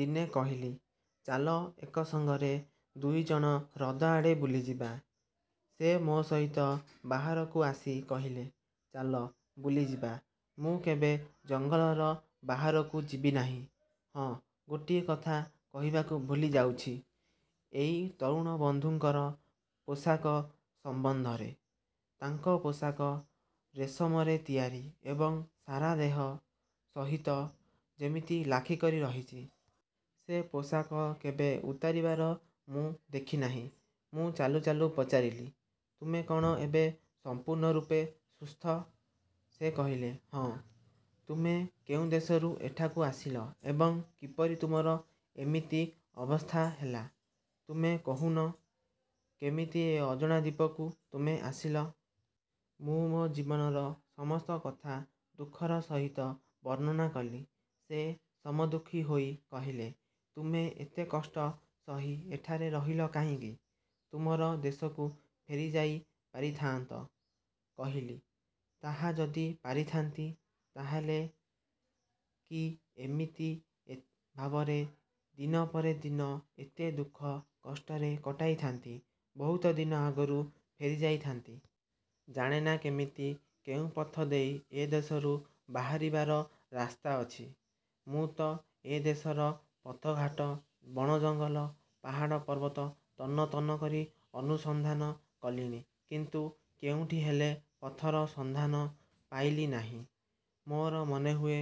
ଦିନେ କହିଲି, ''ଚାଲ ଏକ ସଙ୍ଗରେ ଦୁଇ ଜଣ ହ୍ରଦଆଡ଼େ ବୁଲିଯିବା। ସେ ମୋ ସହିତ ବାହାରକୁ ଆସି କହିଲେ, ''ଚାଲ, ବୁଲିଯିବା। ମୁଁ କେବେ ଜଙ୍ଗଲର ବାହାରକୁ ଯିବି ନାହିଁ। '' ହଁ ଗୋଟିଏ କଥା କହିବାକୁ ଭୁଲିଯାଉଛି, ଏଇ ତରୁଣ ବନ୍ଧୁଙ୍କର ପୋଷାକ ସମ୍ବନ୍ଧରେ-ତାଙ୍କ ପୋଷାକ ରେଶମରେ ତିଆରି ଏବଂ ସାରା ଦେହ ସହିତ ଯେମିତି ଲାଖିକରି ରହିଛି। ସେ ପୋଷାକ କେବେ ଉତାରିବାର ମୁଁ ଦେଖି ନାହିଁ। ମୁଁ ଚାଲୁ ଚାଲୁ ପଚାରିଲି, ''ତୁମେ କ'ଣ ଏବେ ସମ୍ପୂର୍ଣ୍ଣ ରୂପେ ସୁସ୍ଥ? ସେ କହିଲେ, ''ହଁ। '' ''ତୁମେ କେଉଁ ଦେଶରୁ ଏଠାକୁ ଆସିଲ ଏବଂ କିପରି ତୁମର ଏମିତି ଅବସ୍ଥା ହେଲା? '' ''ତୁମେ କହୁନ, କେମିତି ଏ ଅଜଣା ଦ୍ୱୀପକୁ ତୁମେ ଆସିଲ? '' ମୁଁ ମୋ ଜୀବନର ସମସ୍ତ କଥା ଦୁଃଖର ସହିତ ବର୍ଣ୍ଣନା କଲି। ସେ ସମଦୁଃଖୀ ହୋଇ କହିଲେ, ''ତୁମେ ଏତେ କଷ୍ଟ ସହି ଏଠାରେ ରହିଲ କାହିଁକି? ତୁମର ଦେଶକୁ ଫେରି ଯାଇପାରିଥାଆନ୍ତ! '' କହିଲି, ''ତାହା ଯଦି ପାରିଥାନ୍ତି, ତାହାହେଲେ କି ଏମିତି ଭାବରେ ଦିନ ପରେ ଦିନ ଏତେ ଦୁଃଖ କଷ୍ଟରେ କଟାଇଥାନ୍ତି, ବହୁତ ଦିନ ଆଗରୁ ଫେରିଯାଇଥାନ୍ତି। ଜାଣେନା କେମିତି କେଉଁ ପଥ ଦେଇ ଏ ଦେଶରୁ ବାହାରିବାର ରାସ୍ତା ଅଛି। ମୁଁ ତ ଏ ଦେଶର ପଥଘାଟ, ବଣ ଜଙ୍ଗଲ, ପାହାଡ଼ ପର୍ବତ ତନ୍ନ ତନ୍ନ କରି ଅନୁସନ୍ଧାନ କଲିଣି; କିନ୍ତୁ କେଉଁଠି ହେଲେ ପଥର ସନ୍ଧାନ ପାଇଲି ନାହିଁ। ମୋର ମନେହୁଏ,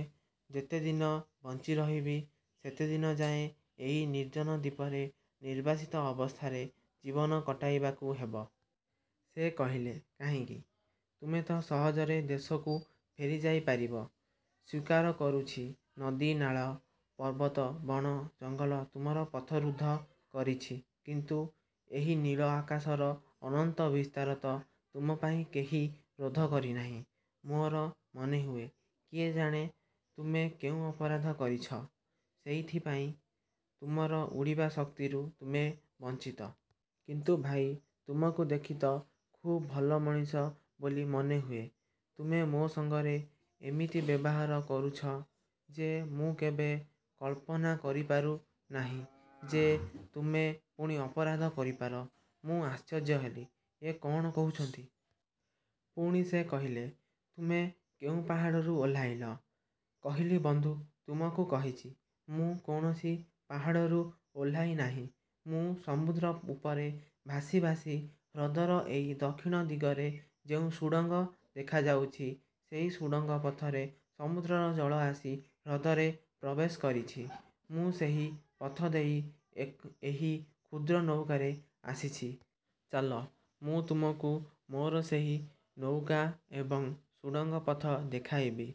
ଯେତେଦିନ ବଞ୍ଚି ରହିବି; ସେତେଦିନଯାଏ ଏଇ ନିର୍ଜନ ଦ୍ୱୀପରେ ନିର୍ବାସିତ ଅବସ୍ଥାରେ ଜୀବନ କଟାଇବାକୁ ହେବ। '' ସେ କହିଲେ ''କାହିଁକି? ତୁମେ ତ ସହଜରେ ଦେଶକୁ ଫେରିଯାଇପାରିବ। ସ୍ୱୀକାର କରୁଛି,-ନଦୀ, ନାଳ, ପର୍ବତ, ବଣ, ଜଙ୍ଗଲ ତୁମର ପଥରୁଦ୍ଧ କରିଛି। କିନ୍ତୁ ଏହି ନୀଳ ଆକାଶର ଅନନ୍ତ ବିସ୍ତାର ତ ତୁମପାଇଁ କେହି ରୋଧ କରିନାହିଁ। ମୋର ମନେହୁଏ, କିଏ ଜାଣେ ତୁମେ କେଉଁ ଅପରାଧ କରିଛ, ସେଇଥିପାଇଁ ତୁମର ଉଡ଼ିବା ଶକ୍ତିରୁ ତୁମେ ବଞ୍ଚିତ। କିନ୍ତୁ ଭାଇ, ତୁମକୁ ଦେଖି ତ ଖୁବ୍ ଭଲ ମଣିଷ ବୋଲି ମନେହୁଏ, ତୁମେ ମୋ ସଙ୍ଗରେ ଏମିତି ବ୍ୟବହାର କରୁଛ ଯେ ମୁଁ କେବେ। କଳ୍ପନା କରିପାରୁ ନାହିଁ ଯେ ତୁମେ ପୁଣି ଅପରାଧ କରିପାର। ମୁଁ ଆଶ୍ଚର୍ଯ୍ୟ ହେଲି, ଏ କ'ଣ କହୁଛନ୍ତି! ପୁଣି ସେ କହିଲେ, ''ତୁମେ କେଉଁ ପାହାଡ଼ରୁ ଓହ୍ଲାଇଲ? '' କହିଲି ''ବନ୍ଧୁ! ତୁମକୁ କହିଛି, ମୁଁ କୌଣସି ପାହାଡ଼ରୁ ଓହ୍ଲାଇ ନାହିଁ। ମୁଁ ସମୁଦ୍ର ଉପରେ ଭାସି ଭାସି ହ୍ରଦର ଏଇ ଦକ୍ଷିଣ ଦିଗରେ ଯେଉଁ ସୁଡ଼ଙ୍ଗ ଦେଖାଯାଉଛି, ଯେଉଁ ସୁଡ଼ଙ୍ଗ ପଥରେ ସମୁଦ୍ରର ଜଳ ଆସି ହ୍ରଦରେ ପ୍ରବେଶ କରିଛି, ମୁଁ ସେହି ପଥ ଦେଇ ଏହି କ୍ଷୁଦ୍ର ନୌକାରେ ଆସିଛି। ଚାଲ, ମୁଁ ତୁମକୁ ମୋର ସେହି ନୌକା ଏବଂ ସୁଡ଼ଙ୍ଗ ପଥ ଦେଖାଇବି।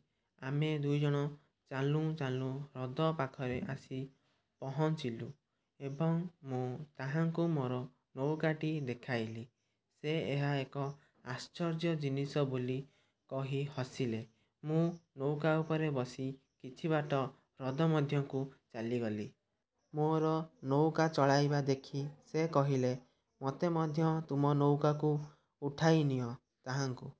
ଆମେ ଦୁଇଜଣ ଚାଲୁଁ ଚାଲୁଁ ହ୍ରଦ ପାଖରେ ଆସି ପହଞ୍ଚିଲୁ ଏବଂ ମୁଁ ତାହାଙ୍କୁ ମୋର ନୌକାଟି ଦେଖାଇଲି। ସେ ଏହା ଏକ ଆଶ୍ଚର୍ଯ୍ୟ ଜିନିଷ ବୋଲି କହି ହସିଲେ। ମୁଁ ନୌକା ଉପରେ ବସି କିଛିବାଟ ହ୍ରଦ ମଧ୍ୟକୁ ଚାଲିଗଲି। ମୋର ନୌକା ଚଳାଇବା ଦେଖି ସେ କହିଲେ, ''ମୋତେ ମଧ୍ୟ ତୁମ ନୌକାକୁ ଉଠାଇନିଅ। '' ତାହାଙ୍କୁ